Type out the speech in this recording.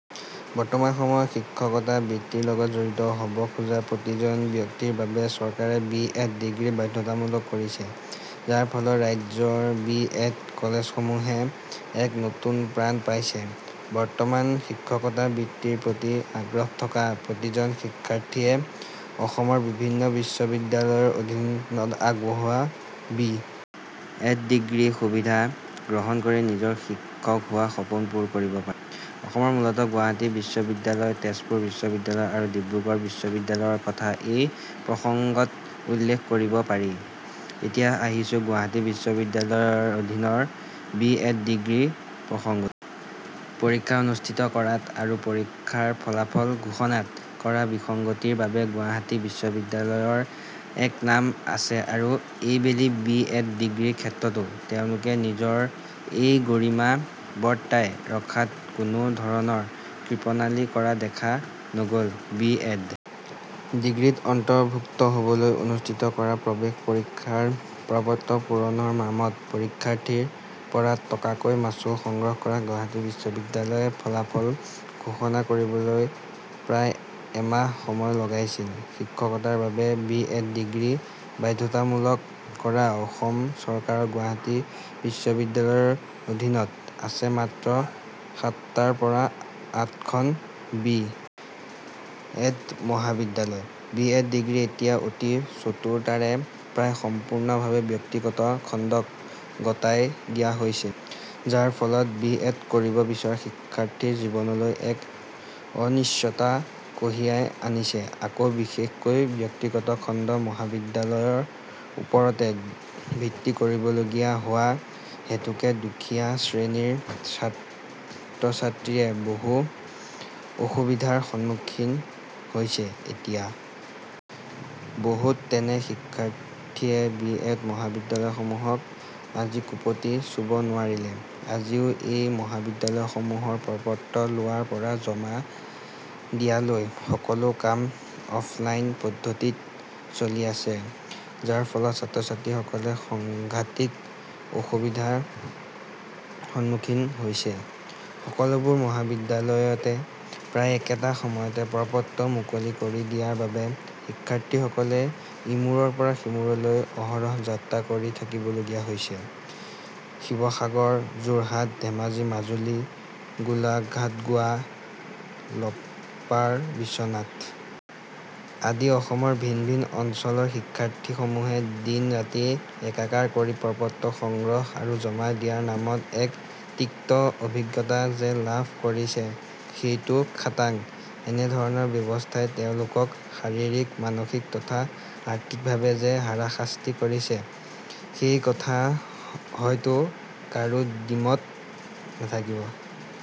বৰ্তমান সময়ত শিক্ষকতা বৃত্তিৰ লগত জড়িত হব খোজা প্ৰতিজন ব্যক্তিৰ বাবে চৰকাৰে বি. এড. ডিগ্ৰী বাধ্যতামূলক কৰিছে, যাৰ ফলত ৰাজ্যৰ বি. এড. কলেজসমূহে এক নতুন প্ৰাণ পাইছে। বৰ্তমান শিক্ষকতা বৃত্তিৰ প্ৰতি আগ্ৰহ থকা প্ৰতিজন শিক্ষাৰ্থীয়ে অসমৰ বিভিন্ন বিশ্ববিদ্যালয়সমূহৰ অধীনত আগবঢ়োৱা বি. এড. ডিগ্ৰীৰ সুবিধা গ্ৰহণ কৰি নিজৰ শিক্ষক হোৱা সপোন পূৰ কৰিব পাৰে। অসমৰ মূলতঃ গুৱাহাটী বিশ্ববিদ্যালয়, তেজপুৰ বিশ্ববিদ্যালয় আৰু ডিব্ৰুগড় বিশ্ববিদ্যালয়ৰ কথা এই প্ৰসংগত উল্লেখ কৰিব পাৰি। এতিয়া আহিছো গুৱাহাটী বিশ্ববিদ্যালয়ৰ অধীনৰ বি. এড. ডিগ্ৰীৰ প্ৰসংগলৈ। পৰীক্ষা অনুষ্ঠিত কৰাত আৰু পৰীক্ষাৰ ফলাফল ঘোষণাত কৰা বিসংগতিৰ বাবে গুৱাহাটী বিশ্ববিদ্যালয়ৰ এক নাম আছে আৰু এইবেলি বি. এড. ডিগ্ৰীৰ ক্ষেত্ৰতো তেওঁলোকে নিজৰ এই গৰিমা বৰ্তাই ৰখাত কোনো ধৰণৰ কৃপণালি কৰা দেখা নগ'ল। বি.এড. ডিগ্ৰীত অন্তৰ্ভুক্ত হবলৈ অনুষ্ঠিত কৰা প্ৰৱেশ পৰীক্ষাৰ প্ৰপত্ৰ পূৰণৰ নামত পৰীক্ষাৰ্থীৰ পৰা টকাকৈ মাচুল সংগ্ৰহ কৰা গুৱাহাটী বিশ্ববিদ্যালয়ে ফলাফল ঘোষণা কৰিবলৈ প্ৰায় এমাহ সময় লগাইছিল। শিক্ষকতাৰ বাবে বি. এড. ডিগ্ৰী বাধ্যতামূলক কৰা অসম চৰকাৰৰ গুৱাহাটী বিশ্ববিদ্যালয়ৰ অধীনত আছে মাত্ৰ সাতটাৰ পৰা আঠখন বি. এড. মহাবিদ্যালয়। বি. এড. ডিগ্ৰী এতিয়া অতি চতুৰতাৰে প্ৰায় সম্পূৰ্ণভাৱে ব্যক্তিগত খণ্ডক গতাই দিয়া হৈছে। যাৰ ফলত বি. এড. কৰিব বিচৰা শিক্ষাৰ্থীৰ জীৱনলৈ এক অনিশ্চয়তা কঢ়িয়াই আনিছে, আকৌ বিশেষকৈ ব্যক্তিগত খণ্ডৰ মহাবিদ্যালয়ৰ ওপৰতে ভিত্তি কৰিবলগীয়া হোৱা হেতুকে দুখীয়া শ্ৰেণীৰ ছাত্ৰছাত্ৰীয়ে বহু অসুবিধাৰ সন্মুখীন হৈছে। এতিয়া বহুত তেনে শিক্ষাৰ্থীয়ে বি. এড. মহাবিদ্যালয়সমূহক আজিকোপতি চুব নোৱাৰিলে। আজিও এই মহাবিদ্যালয়সমূহৰ প্ৰপত্ৰ লোৱাৰ পৰা জমা দিয়ালৈ সকলো কাম অফলাইন পদ্ধতিত চলি আছে। যাৰ ফলত ছাত্ৰছাত্ৰীসকলে সংঘাটিক অসুবিধাৰ সন্মুখীন হৈছে। সকলোবোৰ মহাবিদ্যালয়তে প্ৰায় একেটা সময়তে প্ৰপত্ৰ মুকলি কৰি দিয়াৰ বাবে শিক্ষাৰ্থীসকলে ইমূৰৰ পৰা সিমূৰলৈ অহৰহ যাত্ৰা কৰি থাকিবলগীয়া হৈছে। শিৱসাগৰ, যোৰহাট, ধেমাজি, মাজুলী, গোলাঘাট, গোৱা গোৱালপাৰ, বিশ্বনাথ আদি অসমৰ ভিন ভিন অঞ্চলৰ শিক্ষাৰ্থীসমূহে দিন ৰাতি একাকাৰ কৰি প্ৰপত্ৰ সংগ্ৰহ আৰু জমা দিয়াৰ নামত এক তিক্ত অভিজ্ঞতা যে লাভ কৰিছে সেইটো খাটাং। এনে ধৰণৰ ব্যৱস্হাই তেওঁলোকক শাৰীৰি ক, মানসিক তথা আৰ্থিকভাৱে যে হাৰাশাস্তি কৰিছে সেই কথাত হয়তো কাৰো দ্বিমত নাথাকিব।